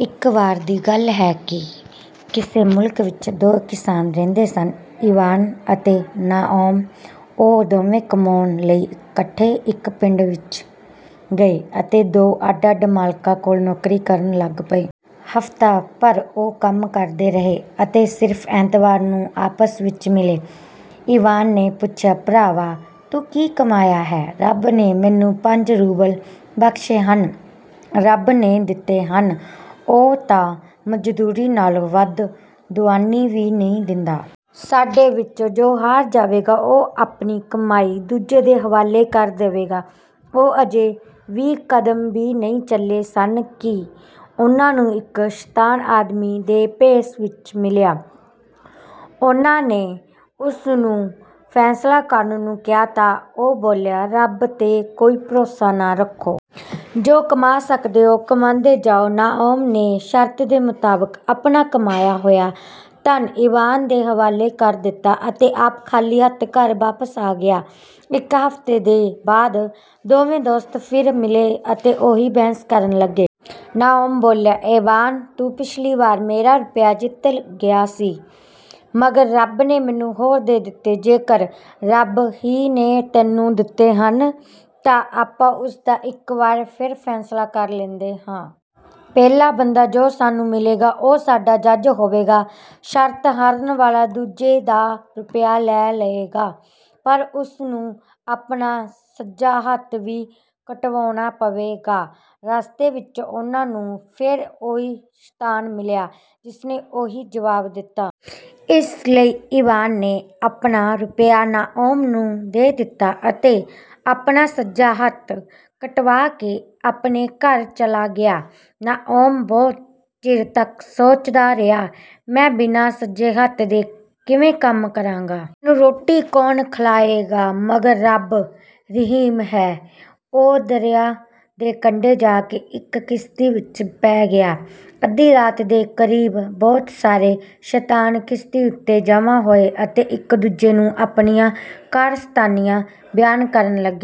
ਇੱਕ ਵਾਰ ਦੀ ਗੱਲ ਹੈ ਕਿ ਕਿਸੇ ਮੁਲਕ ਵਿੱਚ ਦੋ ਕਿਸਾਨ ਰਹਿੰਦੇ ਸਨ, ਇਵਾਨ ਅਤੇ ਨਾਓਮ। ਉਹ ਦੋਵੇਂ ਕਮਾਉਣ ਲਈ ਇਕੱਠੇ ਇੱਕ ਪਿੰਡ ਵਿੱਚ ਗਏ ਅਤੇ ਦੋ ਅੱਡ-ਅੱਡ ਮਾਲਕਾਂ ਕੋਲ ਨੌਕਰੀ ਕਰਨ ਲੱਗ ਪਏ। ਹਫ਼ਤਾ ਭਰ ਉਹ ਕੰਮ ਕਰਦੇ ਰਹੇ ਅਤੇ ਸਿਰਫ਼ ਐਤਵਾਰ ਨੂੰ ਆਪਸ ਵਿੱਚ ਮਿਲੇ। ਇਵਾਨ ਨੇ ਪੁੱਛਿਆ, “ਭਰਾਵਾ, ਤੂੰ ਕੀ ਕਮਾਇਆ ਹੈ?” “ਰੱਬ ਨੇ ਮੈਨੂੰ ਪੰਜ ਰੂਬਲ ਬਖ਼ਸ਼ੇ ਹਨ।” “ਰੱਬ ਨੇ ਦਿੱਤੇ ਹਨ? ਉਹ ਤਾਂ ਮਜ਼ਦੂਰੀ ਨਾਲੋਂ ਵੱਧ ਦੁਆਨੀ ਵੀ ਨਹੀਂ ਦਿੰਦਾ।” ਸਾਡੇ ਵਿੱਚੋਂ ਜੋ ਹਾਰ ਜਾਵੇਗਾ, ਉਹ ਆਪਣੀ ਕਮਾਈ ਦੂਜੇ ਦੇ ਹਵਾਲੇ ਕਰ ਦਵੇਗਾ। ਉਹ ਅਜੇ ਵੀਹ ਕਦਮ ਵੀ ਨਹੀਂ ਚੱਲੇ ਸਨ ਕਿ ਉਹਨਾਂ ਨੂੰ ਇੱਕ ਸ਼ੈਤਾਨ ਆਦਮੀ ਦੇ ਭੇਸ ਵਿੱਚ ਮਿਲਿਆ। ਉਹਨਾਂ ਨੇ ਉਸਨੂੰ ਫ਼ੈਸਲਾ ਕਰਨ ਨੂੰ ਕਿਹਾ ਤਾਂ ਉਹ ਬੋਲਿਆ, ਰੱਬ 'ਤੇ ਕੋਈ ਭਰੋਸਾ ਨਾ ਰੱਖੋ। ਜੋ ਕਮਾ ਸਕਦੇ ਹੋ, ਕਮਾਉਂਦੇ ਜਾਓ। ਨਾਓਮ ਨੇ ਸ਼ਰਤ ਦੇ ਮੁਤਾਬਕ ਅਪਣਾ ਕਮਾਇਆ ਹੋਇਆ ਧਨ ਇਵਾਨ ਦੇ ਹਵਾਲੇ ਕਰ ਦਿੱਤਾ ਅਤੇ ਆਪ ਖ਼ਾਲੀ ਹੱਥ ਘਰ ਵਾਪਸ ਆ ਗਿਆ। ਇੱਕ ਹਫ਼ਤੇ ਦੇ ਬਾਅਦ ਦੋਵੇਂ ਦੋਸਤ ਫਿਰ ਮਿਲੇ ਅਤੇ ਉਹੀ ਬਹਿਸ ਕਰਨ ਲੱਗੇ। ਨਾਓਮ ਬੋਲਿਆ, “ਇਵਾਨ, ਤੂੰ ਪਿੱਛਲੀ ਵਾਰ ਮੇਰਾ ਰੁਪਿਆ ਜਿੱਤ ਗਿਆ ਸੀ, ਮਗਰ ਰੱਬ ਨੇ ਮੈਨੂੰ ਹੋਰ ਦੇ ਦਿੱਤੇ।” “ਜੇਕਰ ਰੱਬ ਹੀ ਨੇ ਤੈਨੂੰ ਦਿੱਤੇ ਹਨ, ਤਾਂ ਆਪਾਂ ਉਸ ਦਾ ਇੱਕ ਵਾਰ ਫਿਰ ਫ਼ੈਸਲਾ ਕਰ ਲੈਂਦੇ ਹਾਂ। ਪਹਿਲਾ ਬੰਦਾ ਜੋ ਸਾਨੂੰ ਮਿਲੇਗਾ, ਉਹ ਸਾਡਾ ਜੱਜ ਹੋਵੇਗਾ। ਸ਼ਰਤ ਹਾਰਨ ਵਾਲਾ ਦੂਜੇ ਦਾ ਰੁਪਿਆ ਲੈ ਲਏਗਾ, ਪਰ ਉਸਨੂੰ ਆਪਣਾ ਸੱਜਾ ਹੱਥ ਵੀ ਕਟਵਾਉਣਾ ਪਵੇਗਾ।” ਰਸਤੇ ਵਿੱਚ ਉਹਨਾਂ ਨੂੰ ਫਿਰ ਉਹੀ ਸ਼ੈਤਾਨ ਮਿਲਿਆ, ਜਿਸਨੇ ਉਹੀ ਜਵਾਬ ਦਿੱਤਾ। ਇਸ ਲਈ ਇਵਾਨ ਨੇ ਅਪਨਾ ਰੁਪਿਆ ਨਾਓਮ ਨੂੰ ਦੇ ਦਿੱਤਾ ਅਤੇ ਆਪਣਾ ਸੱਜਾ ਹੱਥ ਕਟਵਾ ਕੇ ਆਪਣੇ ਘਰ ਚਲਾ ਗਿਆ। ਨਾਓਮ ਬਹੁਤ ਚਿਰ ਤੱਕ ਸੋਚਦਾ ਰਿਹਾ, ਮੈਂ ਬਿਨਾਂ ਸੱਜੇ ਹੱਥ ਦੇ ਕਿਵੇਂ ਕੰਮ ਕਰਾਂਗਾ? ਮੈਨੂੰ ਰੋਟੀ ਕੌਣ ਖਿਲਾਏਗਾ? ਮਗਰ ਰੱਬ ਰਹੀਮ ਹੈ।” ਉਹ ਦਰਿਆ ਦੇ ਕੰਢੇ ਜਾ ਕੇ ਇੱਕ ਕਿਸ਼ਤੀ ਵਿੱਚ ਪੈ ਗਿਆ। ਅੱਧੀ ਰਾਤ ਦੇ ਕ਼ਰੀਬ ਬਹੁਤ ਸਾਰੇ ਸ਼ੈਤਾਨ ਕਿਸ਼ਤੀ ਉੱਤੇ ਜਮ੍ਹਾਂ ਹੋਏ ਅਤੇ ਇੱਕ-ਦੂਜੇ ਨੂੰ ਆਪਣੀਆਂ ਕਾਰਸਤਾਨੀਆਂ ਬਿਆਨ ਕਰਨ ਲੱਗੇ।